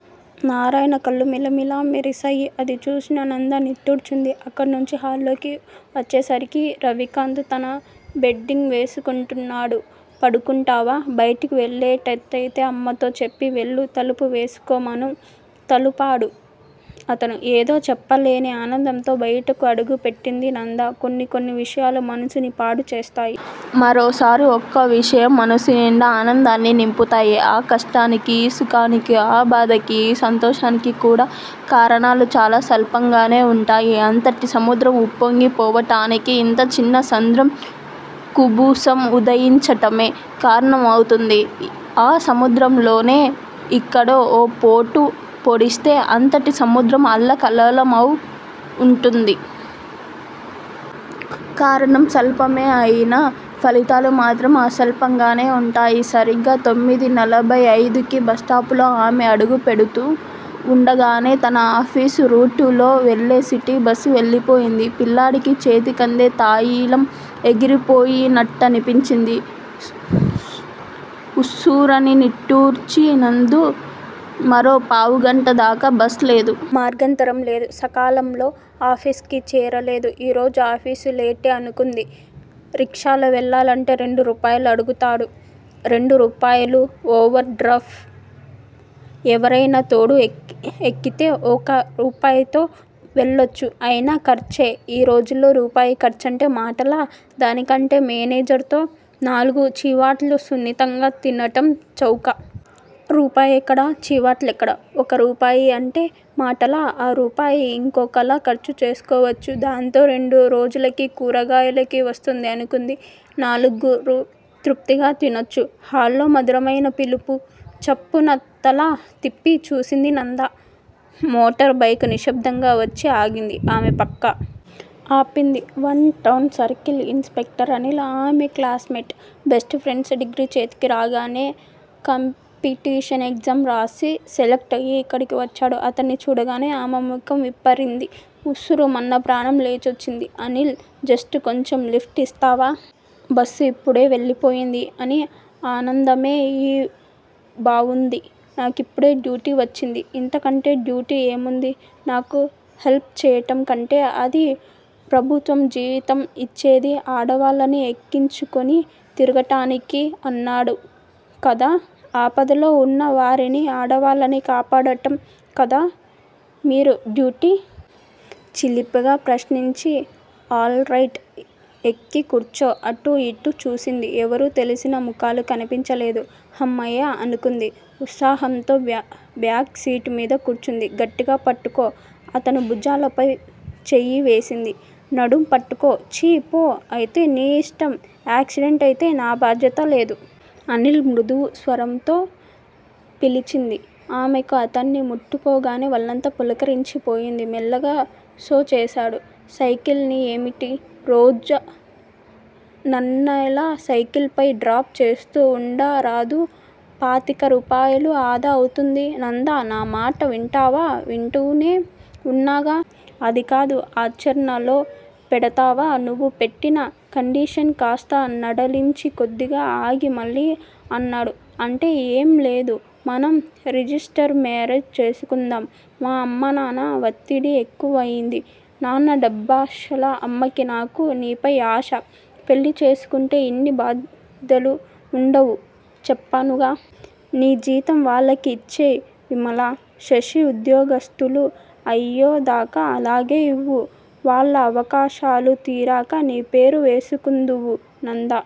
నారాయణ కళ్ళు మిలమిల మెరిశాయి. అది చూసిన నంద నిట్టూర్చింది. అక్కడినుంచి హాల్లోకి వచ్చేసరికి రవికాంత్ తన బెడ్డింగ్ వేసుకుంటున్నాడు. పడుకుంటావా? బయటికి వెళ్ళేట్టయితే అమ్మతో చెప్పి వెళ్ళు తలుపు వేసుకోమను! తలూపాడు అతను! ఏదో చెప్పలేని ఆనందంతో బయటకు అడుగు పెట్టింది నంద. కొన్ని కొన్ని విషయాలు మనస్సుని పాడు చేస్తాయి. మరోసారి ఒక్కో విషయం మనస్సునిండా ఆనందాన్ని నింపుతాయి. ఆ కష్టానికీ, ఈ సుఖానికీ, ఆ బాధకీ, ఈ సంతోషానికీ కూడా కారణాలు చాలా స్వల్పంగానే వుంటాయి. అంతటి సముద్రం ఉప్పొంగి పోవటానికి ఇంత చిన్న చంద్ర కుబుసం ఉదయించటమే కారణమవుతుంది! ఆ సముద్రంలోనే ఇక్కడో ఓ పోటు పొడిస్తే అంతటి సముద్రమూ అల్లకల్లోలమవుతుంది! కారణాలు స్వల్పమే అయినా ఫలితాలు మాత్రం అసల్పంగానే వుంటాయి! సరిగ్గా తొమ్మిదీ నలభై అయిదుకి బస్టాపులో ఆమె అడుగు పెడుతూ వుండగానే తన ఆఫీసు రూట్ లో వెళ్ళే సిటీ బస్ వెళ్ళిపోయింది. పిల్లాడికి చేతికందే తాయిలం ఎగిరిపోయి నట్టనిపించింది. ఉస్సురని నిట్టూర్చింది నంధు. మరో పావుగంట దాకా బస్ లేదు. మార్గాంతరము లేదు. సకాలంలో ఆఫీసుకి చేరలేదు. ఈ రోజు ఆఫీసు లేటే అనుకుంది. రిక్షాలో వెళ్ళాలంటే రెండు రూపాయలు అడుగుతాడు. రెండు రూపాయలు ఓవర్ డ్రాఫ్టే! ఎవరైనా తోడు ఎక్కితే ఒక రూపాయితో వెళ్ళొచ్చు! అయినా ఖర్చే! ఈ రోజుల్లో రూపాయి ఖర్చంటే మాటలా? దానికంటే మేనేజర్ తో నాలుగు చివాట్లు సున్నితంగా తినటం చౌక! రూపాయెక్కడ? చివాట్లెక్కడ! ఒక రూపాయి అంటే మాటలా! ఆ రూపాయి యింకో కాలా ఖర్చు చేసుకోవచ్చు! దాంతో రెండు రోజులకి కూరగాయలకి వస్తుంది అనుకుంది! నలుగురూ తృప్తిగా తినచ్చు. హలో! మధురమైన పిలుపు. చప్పున తల తిప్పి చూసింది నంద. మోటార్ బైక్ నిశ్శబ్దంగా వచ్చి ఆగింది ఆమె పక్క. ఆపింది one town circle inspector Anil! ఆమె classmate! Best friend! Degree చేతికి రాగానే కాంపిటేషన్ ఎగ్జామ్ రాసి సెలక్టయ్యి ఇక్కడికి వచ్చాడు. అతన్ని చూడగానే ఆమె ముఖం విప్పారింది. ఉస్సురుమన్న ప్రాణం లేచొచ్చింది. అనీల్ జస్టు కొంచెం లిఫ్ట్ ఇస్తావా? బస్సు ఇప్పుడే వెళ్ళిపోయింది అని అంనాదామె. ఊ బావుంది! నాకిప్పుడే డ్యూటీ వచ్చింది ఇంతకంటే డ్యూటీ ఏముంది నాకు హెల్ప్ చెయ్యటం కంటే అది. ప్రభుత్వం జీ వితం ఇచ్చేది ఆడవాళ్ళని ఎక్కించుకుని తిరగటానికా అన్నాడు. కాదా? ఆపదలో వున్న వారిని, ఆడవాళ్ళని కాపాడటం కాదా మీరు డ్యూటీ! చిలిపగా ప్రశ్నించింది. All right! ఎక్కి కూర్చో! అటు, ఇటు చూసింది ఎవరూ తెలిసిన ముఖాలు కన్పించలేదు. 'హమ్మయ్య' అనుకుంది. ఉత్సాహంతో బ్యాక్ సీట్ మీద కూర్చుంది. గట్టిగా పట్టుకో! అతని భుజాలపై చెయ్యి వేసింది. నడుం పట్టుకో! ఛీ! పో- అయితే నీ యిష్టం యాక్సిడెంటయితే నా బాధ్యత లేదు! అనిల్ మృదు స్వరంతో పిలిచింది. ఆమెకు అతన్ని ముట్టుకోగానే వళ్ళంతా పులకరించి పోయింది. మెల్లిగా స్లో చేశాడు సైకిల్ ని ఏమిటి? రోజూ నన్నిలా సైకిల్ పై డ్రాప్ చేస్తూ వుండరాదూ పాతిక రూపాయలు ఆదా అవుతుంది. నందా నా మాట వింటావా? వింటూనే వున్నాగా! అదికాదు ఆచరణలో పెడతావా? నువ్వు పెట్టిన కండిషన్ కాస్త సడలించు కొద్దిగా ఆగి మళ్ళీ అన్నాడు. అంటే ఏం లేదు. మనం రిజిస్టర్ మేరేజ్ చేసుకుందాం. మా అమ్మా, నాన్నా వత్తిడి ఎక్కువైంది. నాన్న డబ్బాశ! అమ్మకి నాకు నీపై ఆశ! పెళ్ళి చేసుకుంటే ఇన్ని బాధలు వుండవు చెప్పానుగా! నీ జీతం వాళ్ళకి ఇచ్చెయ్ విమల, శశి ఉద్యోగస్తులు అయ్యేదాకా అలాగే ఇవ్వు! వాళ్ళ అవకషా లు తీరాక నీ పేరు వేసుకుందువు. నంద